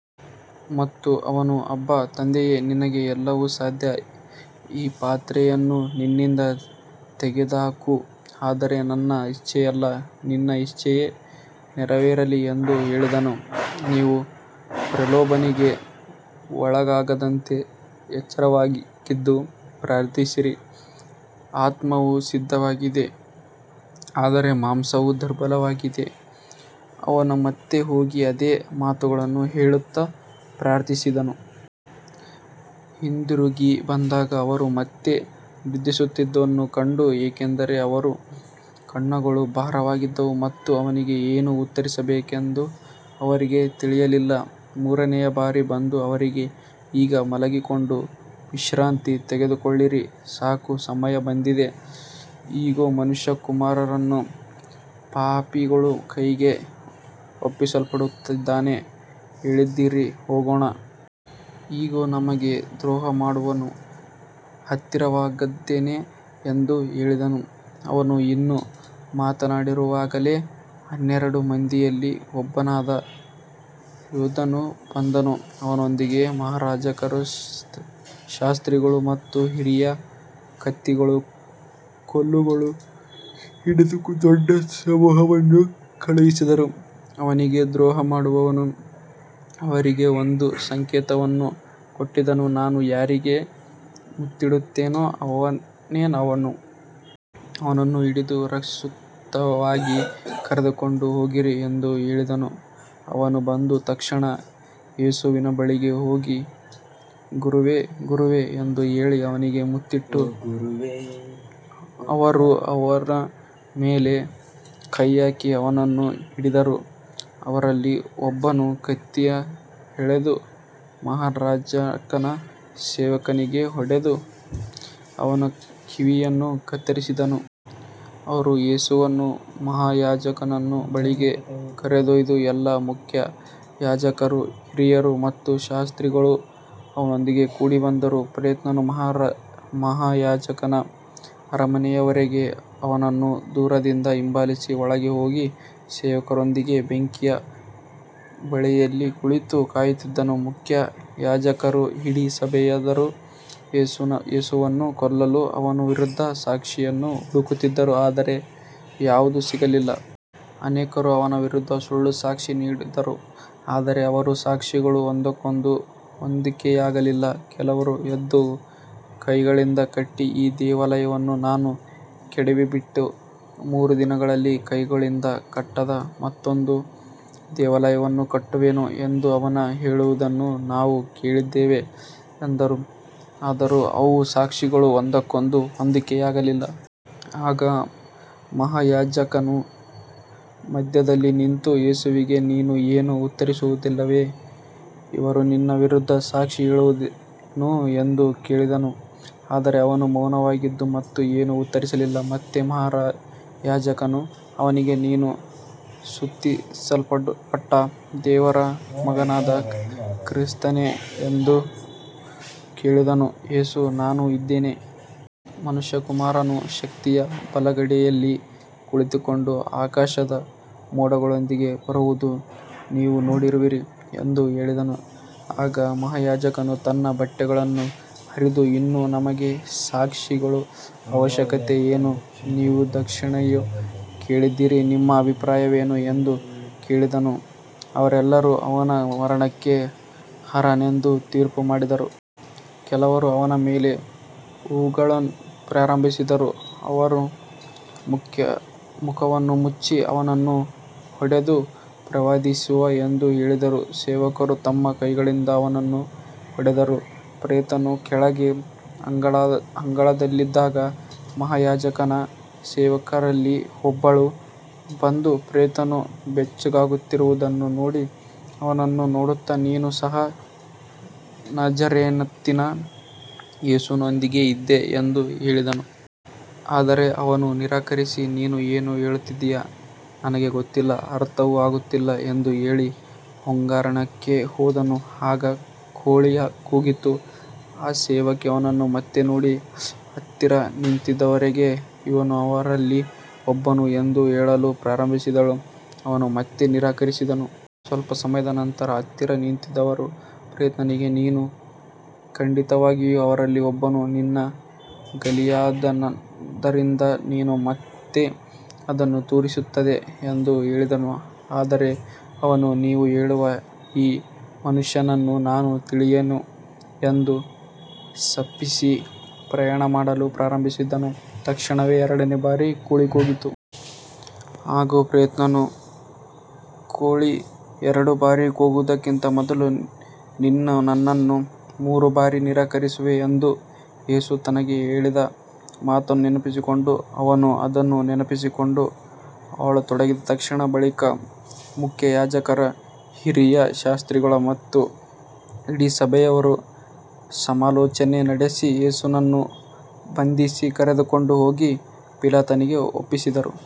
ಮತ್ತು ಅವನು, ಅಬ್ಬಾ ತಂದೆಯೇ, ನಿನಗೆ ಎಲ್ಲವೂ ಸಾಧ್ಯ. ಈ ಪಾತ್ರೆಯನ್ನು ನನ್ನಿಂದ ತೆಗೆದುಹಾಕು. ಆದರೆ ನನ್ನ ಇಚ್ಛೆಯಲ್ಲ, ನಿನ್ನ ಇಚ್ಛೆಯೇ ನೆರವೇರಲಿ ಎಂದು ಹೇಳಿದನು. ನೀವು ಪ್ರಲೋಭನೆಗೆ ಒಳಗಾಗದಂತೆ ಎಚ್ಚರವಾಗಿದ್ದು ಪ್ರಾರ್ಥಿಸಿರಿ. ಆತ್ಮವು ಸಿದ್ಧವಾಗಿದೆ, ಆದರೆ ಮಾಂಸವು ದುರ್ಬಲವಾಗಿದೆ. ಅವನು ಮತ್ತೆ ಹೋಗಿ ಅದೇ ಮಾತುಗಳನ್ನು ಹೇಳುತ್ತಾ ಪ್ರಾರ್ಥಿಸಿದನು. ಹಿಂದಿರುಗಿ ಬಂದಾಗ ಅವರು ಮತ್ತೆ ನಿದ್ರಿಸುತ್ತಿರುವುದನ್ನು ಕಂಡನು, ಏಕೆಂದರೆ ಅವರ ಕಣ್ಣುಗಳು ಭಾರವಾಗಿದ್ದವು ಮತ್ತು ಅವನಿಗೆ ಏನು ಉತ್ತರಿಸಬೇಕೆಂದು ಅವರಿಗೆ ತಿಳಿಯಲಿಲ್ಲ. ಮೂರನೆಯ ಬಾರಿ ಬಂದು ಅವರಿಗೆ, ಈಗ ಮಲಗಿಕೊಂಡು ವಿಶ್ರಾಂತಿ ತೆಗೆದುಕೊಳ್ಳಿರಿ. ಸಾಕು, ಸಮಯ ಬಂದಿದೆ. ಇಗೋ, ಮನುಷ್ಯಕುಮಾರನು ಪಾಪಿಗಳ ಕೈಗೆ ಒಪ್ಪಿಸಲ್ಪಡುತ್ತಿದ್ದಾನೆ. ಎದ್ದೇಳಿರಿ, ಹೋಗೋಣ. ಇಗೋ, ನನಗೆ ದ್ರೋಹಮಾಡುವವನು ಹತ್ತಿರವಾಗಿದ್ದಾನೆ ಎಂದು ಹೇಳಿದನು. ಅವನು ಇನ್ನೂ ಮಾತನಾಡುತ್ತಿರುವಾಗಲೇ ಹನ್ನೆರಡು ಮಂದಿಯಲ್ಲಿ ಒಬ್ಬನಾದ ಯೂದನು ಬಂದನು. ಅವನೊಂದಿಗೆ ಮಹಾಯಾಜಕರು, ಶಾಸ್ತ್ರಿಗಳು ಮತ್ತು ಹಿರಿಯರು ಕತ್ತಿಗಳೂ ಕೋಲುಗಳೂ ಹಿಡಿದ ದೊಡ್ಡ ಸಮೂಹವನ್ನು ಕಳುಹಿಸಿದ್ದರು. ಅವನಿಗೆ ದ್ರೋಹಮಾಡಿದವನು ಅವರಿಗೆ ಒಂದು ಸಂಕೇತವನ್ನು ಕೊಟ್ಟಿದ್ದನು. ನಾನು ಯಾರಿಗೆ ಮುತ್ತಿಡುತ್ತೇನೋ ಅವನೇ ಅವನು. ಅವನನ್ನು ಹಿಡಿದು ಸುರಕ್ಷಿತವಾಗಿ ಕರೆದುಕೊಂಡು ಹೋಗಿರಿ ಎಂದು ಹೇಳಿದ್ದನು. ಅವನು ಬಂದ ತಕ್ಷಣ ಯೇಸುವಿನ ಬಳಿಗೆ ಹೋಗಿ, ಗುರುವೇ, ಗುರುವೇ ಎಂದು ಹೇಳಿ ಅವನಿಗೆ ಮುತ್ತಿಟ್ಟನು. ಅವರು ಅವನ ಮೇಲೆ ಕೈಹಾಕಿ ಅವನನ್ನು ಹಿಡಿದರು. ಅವರಲ್ಲಿ ಒಬ್ಬನು ಕತ್ತಿಯನ್ನು ಎಳೆದು ಮಹಾಯಾಜಕನ ಸೇವಕನಿಗೆ ಹೊಡೆದು ಅವನ ಕಿವಿಯನ್ನು ಕತ್ತರಿಸಿದನು. ಅವರು ಯೇಸುವನ್ನು ಮಹಾಯಾಜಕನ ಬಳಿಗೆ ಕರೆದೊಯ್ದರು. ಎಲ್ಲಾ ಮುಖ್ಯಯಾಜಕರು, ಹಿರಿಯರು ಮತ್ತು ಶಾಸ್ತ್ರಿಗಳು ಅವನೊಂದಿಗೆ ಕೂಡಿಬಂದರು. ಪೇತ್ರನು ಮಹಾಯಾಜಕನ ಅರಮನೆಯವರೆಗೆ ಅವನನ್ನು ದೂರದಿಂದ ಹಿಂಬಾಲಿಸಿ ಒಳಗೆ ಹೋಗಿ ಸೇವಕರೊಂದಿಗೆ ಬೆಂಕಿಯ ಬಳಿಯಲ್ಲಿ ಕುಳಿತು ಕಾಯುತ್ತಿದ್ದನು. ಮುಖ್ಯಯಾಜಕರೂ ಇಡೀ ಸಭೆಯವರೂ ಯೇಸುವನ್ನು ಕೊಲ್ಲಲು ಅವನ ವಿರುದ್ಧ ಸಾಕ್ಷಿಯನ್ನು ಹುಡುಕಿದರು, ಆದರೆ ಯಾವುದೂ ಸಿಗಲಿಲ್ಲ. ಅನೇಕರು ಅವನ ವಿರುದ್ಧ ಸುಳ್ಳು ಸಾಕ್ಷಿ ನೀಡಿದರು, ಆದರೆ ಅವರ ಸಾಕ್ಷಿಗಳು ಒಂದಕ್ಕೊಂದು ಹೊಂದಿಕೆಯಾಗಲಿಲ್ಲ. ಕೆಲವರು ಎದ್ದು, ಕೈಗಳಿಂದ ಕಟ್ಟಿದ ಈ ದೇವಾಲಯವನ್ನು ನಾನು ಕೆಡವಿಬಿಟ್ಟು, ಮೂರು ದಿನಗಳಲ್ಲಿ ಕೈಗಳಿಂದ ಕಟ್ಟದ ಮತ್ತೊಂದು ದೇವಾಲಯವನ್ನು ಕಟ್ಟುವೆನು ಎಂದು ಅವನು ಹೇಳುವುದನ್ನು ನಾವು ಕೇಳಿದ್ದೇವೆ ಎಂದರು. ಆದರೂ ಅವರ ಸಾಕ್ಷಿಗಳು ಒಂದಕ್ಕೊಂದು ಹೊಂದಿಕೆಯಾಗಲಿಲ್ಲ. ಆಗ ಮಹಾಯಾಜಕನು ಮಧ್ಯದಲ್ಲಿ ನಿಂತು ಯೇಸುವಿಗೆ, ನೀನು ಏನೂ ಉತ್ತರಿಸುವುದಿಲ್ಲವೇ. ಇವರು ನಿನ್ನ ವಿರುದ್ಧ ಸಾಕ್ಷಿ ಹೇಳುವುದೇನು ಎಂದು ಕೇಳಿದನು. ಆದರೆ ಅವನು ಮೌನವಾಗಿದ್ದನು ಮತ್ತು ಏನೂ ಉತ್ತರಿಸಲಿಲ್ಲ. ಮತ್ತೆ ಮಹಾಯಾಜಕನು ಅವನಿಗೆ, ನೀನು ಸ್ತುತಿಸಲ್ಪಟ್ಟ ದೇವರ ಮಗನಾದ ಕ್ರಿಸ್ತನೇ ಎಂದು ಕೇಳಿದನು. ಯೇಸು, ನಾನು ಇದ್ದೇನೆ. ಮನುಷ್ಯಕುಮಾರನು ಶಕ್ತಿಯ ಬಲಗಡೆಯಲ್ಲಿ ಕುಳಿತುಕೊಂಡು ಆಕಾಶದ ಮೋಡಗಳೊಂದಿಗೆ ಬರುವುದನ್ನು ನೀವು ನೋಡುವಿರಿ ಎಂದು ಹೇಳಿದನು. ಆಗ ಮಹಾಯಾಜಕನು ತನ್ನ ಬಟ್ಟೆಗಳನ್ನು ಹರಿದು, ಇನ್ನು ನಮಗೆ ಸಾಕ್ಷಿಗಳ ಅವಶ್ಯಕತೆ ಏನು. ನೀವು ದೂಷಣೆಯನ್ನು ಕೇಳಿದ್ದೀರಿ. ನಿಮ್ಮ ಅಭಿಪ್ರಾಯವೇನು ಎಂದು ಕೇಳಿದನು. ಅವರೆಲ್ಲರೂ ಅವನು ಮರಣಕ್ಕೆ ಅರ್ಹನೆಂದು ತೀರ್ಪುಮಾಡಿದರು. ಕೆಲವರು ಅವನ ಮೇಲೆ ಉಗುಳಲು ಪ್ರಾರಂಭಿಸಿದರು. ಅವನ ಮುಖವನ್ನು ಮುಚ್ಚಿ ಅವನನ್ನು ಹೊಡೆದು, ಪ್ರವಾದಿಸು ಎಂದು ಹೇಳಿದರು. ಸೇವಕರು ತಮ್ಮ ಕೈಗಳಿಂದ ಅವನನ್ನು ಹೊಡೆದರು. ಪೇತ್ರನು ಕೆಳಗೆ ಅಂಗಳದಲ್ಲಿದ್ದಾಗ ಮಹಾಯಾಜಕನ ಸೇವಕಿಯರಲ್ಲಿ ಒಬ್ಬಳು ಬಂದು ಪೇತ್ರನು ಬೆಚ್ಚಗಾಗುತ್ತಿರುವುದನ್ನು ನೋಡಿ ಅವನನ್ನು ನೋಡುತ್ತಾ, ನೀನು ಸಹ ನಜರೇತಿನ ಯೇಸುವಿನೊಂದಿಗೆ ಇದ್ದೆ ಎಂದು ಹೇಳಿದಳು. ಆದರೆ ಅವನು ನಿರಾಕರಿಸಿ, ನೀನು ಏನು ಹೇಳುತ್ತಿದ್ದೀಯೋ ನನಗೆ ಗೊತ್ತಿಲ್ಲ, ಅರ್ಥವೂ ಆಗುತ್ತಿಲ್ಲ ಎಂದು ಹೇಳಿ ಹೊರಾಂಗಣಕ್ಕೆ ಹೋದನು. ಆಗ ಕೋಳಿ ಕೂಗಿತು. ಆ ಸೇವಕಿ ಅವನನ್ನು ಮತ್ತೆ ನೋಡಿ, ಹತ್ತಿರ ನಿಂತಿದ್ದವರಿಗೆ, ಇವನು ಅವರಲ್ಲಿ ಒಬ್ಬನು ಎಂದು ಹೇಳಲು ಪ್ರಾರಂಭಿಸಿದಳು. ಅವನು ಮತ್ತೆ ನಿರಾಕರಿಸಿದನು. ಸ್ವಲ್ಪ ಸಮಯದ ನಂತರ ಹತ್ತಿರ ನಿಂತಿದ್ದವರು ಪೇತ್ರನಿಗೆ, ನೀನು ಖಂಡಿತವಾಗಿಯೂ ಅವರಲ್ಲಿ ಒಬ್ಬನು, ನೀನು ಗಲಿಲಾಯದವನಾದ್ದರಿಂದ ನಿನ್ನ ಮಾತೇ ಅದನ್ನು ತೋರಿಸುತ್ತದೆ ಎಂದು ಹೇಳಿದರು. ಆದರೆ ಅವನು, ನೀವು ಹೇಳುವ ಈ ಮನುಷ್ಯನನ್ನು ನಾನು ತಿಳಿಯೆನು ಎಂದು ಶಪಿಸಿ ಪ್ರಮಾಣಮಾಡಲು ಪ್ರಾರಂಭಿಸಿದನು. ತಕ್ಷಣವೇ ಎರಡನೆಯ ಬಾರಿ ಕೋಳಿ ಕೂಗಿತು. ಆಗ ಪೇತ್ರನು, ಕೋಳಿ ಎರಡು ಬಾರಿ ಕೂಗುವುದಕ್ಕಿಂತ ಮೊದಲು ನೀನು ನನ್ನನ್ನು ಮೂರು ಬಾರಿ ನಿರಾಕರಿಸುವೆ ಎಂದು ಯೇಸು ತನಗೆ ಹೇಳಿದ ಮಾತನ್ನು ನೆನಪಿಸಿಕೊಂಡನು. ಅವನು ಅದನ್ನು ನೆನಪಿಸಿಕೊಂಡು ಅಳತೊಡಗಿದನು. ತಕ್ಷಣ ಬೆಳಿಗ್ಗೆ ಮುಖ್ಯಯಾಜಕರು, ಹಿರಿಯರು, ಶಾಸ್ತ್ರಿಗಳು ಮತ್ತು ಇಡೀ ಸಭೆಯವರು ಸಮಾಲೋಚನೆ ನಡೆಸಿ ಯೇಸುವನ್ನು ಬಂಧಿಸಿ ಕರೆದುಕೊಂಡು ಹೋಗಿ ಪಿಲಾತನಿಗೆ ಒಪ್ಪಿಸಿದರು.